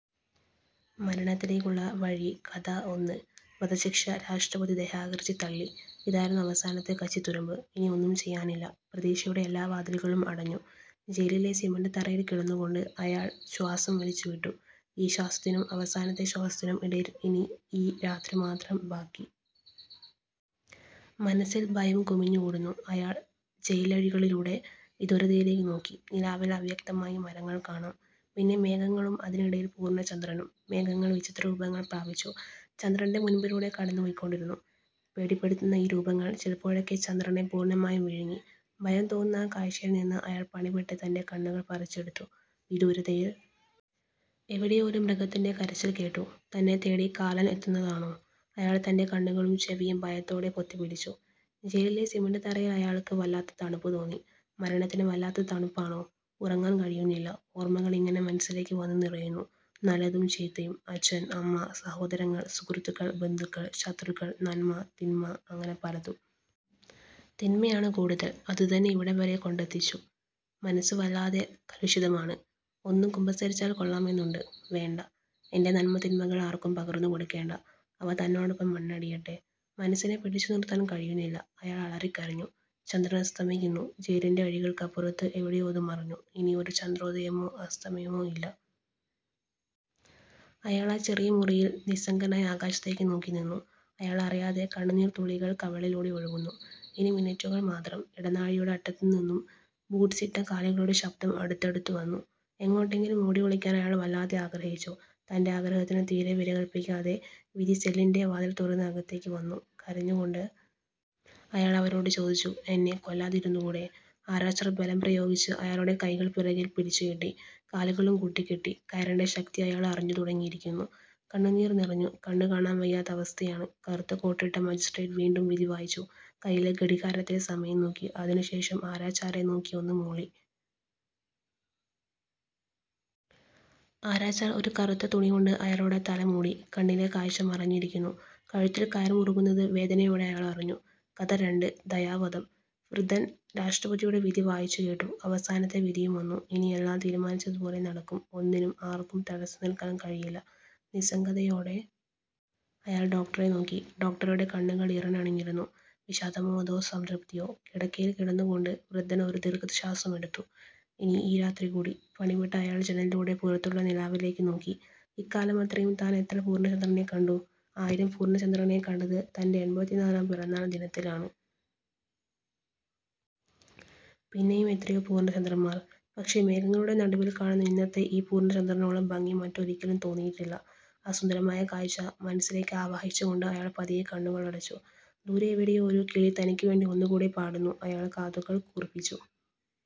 മരണത്തിലേക്കുള്ള വഴി-കഥ ഒന്ന്, വധശിക്ഷ രാഷ്ട്രപതി ദയാഹർജി തള്ളി. ഇതായിരുന്നു അവസാനത്തെ കച്ചിത്തുരുമ്പ്. ഇനി ഒന്നും ചെയ്യാനില്ല. പ്രതീക്ഷയുടെ എല്ലാ വാതിലുകളും അടഞ്ഞു. ജയിലിലെ സിമന്റ് തറയിൽ കിടന്നുകൊണ്ട് അയാൾ ശ്വാസം വലിച്ചുവിട്ടു. ഈ ശ്വാസത്തിനും അവസാനത്തെ ശ്വാസത്തിനും ഇടയിൽ ഇനി ഈ രാത്രി മാത്രം ബാക്കി. മനസ്സിൽ ഭയം കുമിഞ്ഞുകൂടുന്നു. അയാൾ ജയിലഴികളിലൂടെ വിദൂരതയിലേക്ക് നോക്കി. നിലാവിൽ അവ്യക്തമായി മരങ്ങൾ കാണാം. പിന്നെ മേഘങ്ങളും അതിനിടയിൽ പൂർണചന്ദ്രനും. മേഘങ്ങൾ വിചിത്ര രൂപങ്ങൾ പ്രാപിച്ചു. ചന്ദ്രന്റെ മുൻപിലൂടെ കടന്നുപോയിക്കൊണ്ടിരുന്നു. പേടിപ്പെടുത്തുന്ന ഈ രൂപങ്ങൾ ചിലപ്പോഴൊക്കെ ചന്ദ്രനെ പൂർണമായും വിഴുങ്ങി. ഭയം തോന്നുന്ന ആ കാഴ്ചയിൽനിന്ന് അയാൾ പണിപ്പെട്ട് തന്റെ കണ്ണുകൾ പറിച്ചെടുത്തു. വിദൂരതയിൽ എവിടെയോ ഒരു മൃഗത്തിന്റെ കരച്ചിൽ കേട്ടു. തന്നെ തേടി കാലൻ എത്തുന്നതാണോ. അയാൾ തന്റെ കണ്ണുകളും ചെവിയും ഭയത്തോടെ പൊത്തിപ്പിടിച്ചു. ജയിലിലെ സിമന്റ് തറയിൽ അയാൾക്ക് വല്ലാത്ത തണുപ്പ് തോന്നി. മരണത്തിന് വല്ലാത്ത തണുപ്പാണോ. ഉറങ്ങാൻ കഴിയുന്നില്ല. ഓർമകൾ ഇങ്ങനെ മനസ്സിലേക്ക് വന്നുനിറയുന്നു. നല്ലതും ചീത്തയും. അച്ഛൻ, അമ്മ, സഹോദരങ്ങൾ, സുഹൃത്തുക്കൾ, ബന്ധുക്കൾ, ശത്രുക്കൾ, നന്മ, തിന്മ, അങ്ങനെ പലതും. തിന്മയാണ് കൂടുതൽ. അതുതന്നെ ഇവിടെവരെ കൊണ്ടെത്തിച്ചു. മനസ്സ് വല്ലാതെ കലുഷിതമാണ്. ഒന്ന് കുമ്പസരിച്ചാൽ കൊള്ളാമെന്നുണ്ട്. വേണ്ട. എന്റെ നന്മതിന്മകൾ ആർക്കും പകർന്നുകൊടുക്കേണ്ട. അവ തന്നോടൊപ്പം മണ്ണടിയട്ടെ. മനസ്സിനെ പിടിച്ചുനിർത്താൻ കഴിയുന്നില്ല. അയാൾ അലറിക്കരഞ്ഞു. ചന്ദ്രൻ അസ്തമിക്കുന്നു. ജയിലിന്റെ അഴികൾക്കപ്പുറത്ത് എവിടെയോ അത് മറഞ്ഞു. ഇനി ഒരു ചന്ദ്രോദയമോ അസ്തമയമോ ഇല്ല. അയാൾ ആ ചെറിയ മുറിയിൽ നിസ്സംഗനായി ആകാശത്തേക്ക് നോക്കിനിന്നു. അയാളറിയാതെ കണ്ണുനീർത്തുള്ളികൾ കവിളിലൂടെ ഒഴുകുന്നു. ഇനി മിനിറ്റുകൾ മാത്രം. ഇടനാഴിയുടെ അറ്റത്തുനിന്നും ബൂട്ട്സിട്ട കാലുകളുടെ ശബ്ദം അടുത്തടുത്തുവന്നു. എങ്ങോട്ടെങ്കിലും ഓടിയൊളിക്കാൻ അയാൾ വല്ലാതെ ആഗ്രഹിച്ചു. തന്റെ ആഗ്രഹത്തിന് തീരെ വിലകൽപ്പിക്കാതെ വിധി സെല്ലിന്റെ വാതിൽ തുറന്ന് അകത്തേക്ക് വന്നു. കരഞ്ഞുകൊണ്ട് അയാൾ അവരോട് ചോദിച്ചു. എന്നെ കൊല്ലാതിരുന്നുകൂടെ. ആരാച്ചാർ ബലം പ്രയോഗിച്ച് അയാളുടെ കൈകൾ പിറകിൽ പിടിച്ചുകെട്ടി. കാലുകളും കൂട്ടിക്കെട്ടി. കയറിന്റെ ശക്തി അയാൾ അറിഞ്ഞുതുടങ്ങിയിരിക്കുന്നു. കണ്ണുനീർ നിറഞ്ഞു. കണ്ണുകാണാൻ വയ്യാത്ത അവസ്ഥയാണ്. കറുത്ത കോട്ടിട്ട മജിസ്ട്രേറ്റ് വീണ്ടും വിധി വായിച്ചു. കയ്യിലെ ഘടികാരത്തിൽ സമയം നോക്കി. അതിനുശേഷം ആരാച്ചാരെ നോക്കി ഒന്ന് മൂളി. ആരാച്ചാർ ഒരു കറുത്ത തുണികൊണ്ട് അയാളുടെ തല മൂടി. കണ്ണിലെ കാഴ്ച മറഞ്ഞിരിക്കുന്നു. കഴുത്തിൽ കയർ മുറുകുന്നത് വേദനയോടെ അയാൾ അറിഞ്ഞു. കഥ രണ്ട്, ദയാവധം .വൃദ്ധൻ രാഷ്ട്രപതിയുടെ വിധി വായിച്ചുകേട്ടു. അവസാനത്തെ വിധിയും വന്നു. ഇനി എല്ലാം തീരുമാനിച്ചതുപോലെ നടക്കും. ഒന്നിനും ആർക്കും തടസ്സം നിൽക്കാൻ കഴിയില്ല. നിസ്സംഗതയോടെ അയാൾ ഡോക്ടറെ നോക്കി. ഡോക്ടറുടെ കണ്ണുകൾ ഈറനണിഞ്ഞിരുന്നു. വിഷാദമോ അതോ സംതൃപ്തിയോ. കിടക്കയിൽ കിടന്നുകൊണ്ട് വൃദ്ധൻ ഒരു ദീർഘശ്വാസം എടുത്തു. ഇനി ഈ രാത്രി കൂടി. പണിപ്പെട്ട് അയാൾ ജനലിലൂടെ പുറത്തുള്ള നിലാവിലേക്ക് നോക്കി. ഇക്കാലമത്രയും താൻ എത്ര പൂർണചന്ദ്രനെ കണ്ടു. ആയിരം പൂർണചന്ദ്രനെ കണ്ടത് തന്റെ എൺപത്തിനാലാം പിറന്നാൾ ദിനത്തിലാണ്. പിന്നെയും എത്രയോ പൂർണചന്ദ്രന്മാർ. പക്ഷേ മേഘങ്ങളുടെ നടുവിൽ കാണുന്ന ഇന്നത്തെ ഈ പൂർണചന്ദ്രനോളം ഭംഗി മറ്റൊരിക്കലും തോന്നിയിട്ടില്ല.ആ സുന്ദരമായ കാഴ്ച മനസ്സിലേക്കാവാഹിച്ചുകൊണ്ട് അയാൾ പതിയെ കണ്ണുകൾ അടച്ചു. ദൂരെ എവിടെയോ ഒരു കിളി തനിക്കുവേണ്ടി ഒന്നുകൂടി പാടുന്നു. അയാൾ കാതുകൾ കൂർപ്പിച്ചു.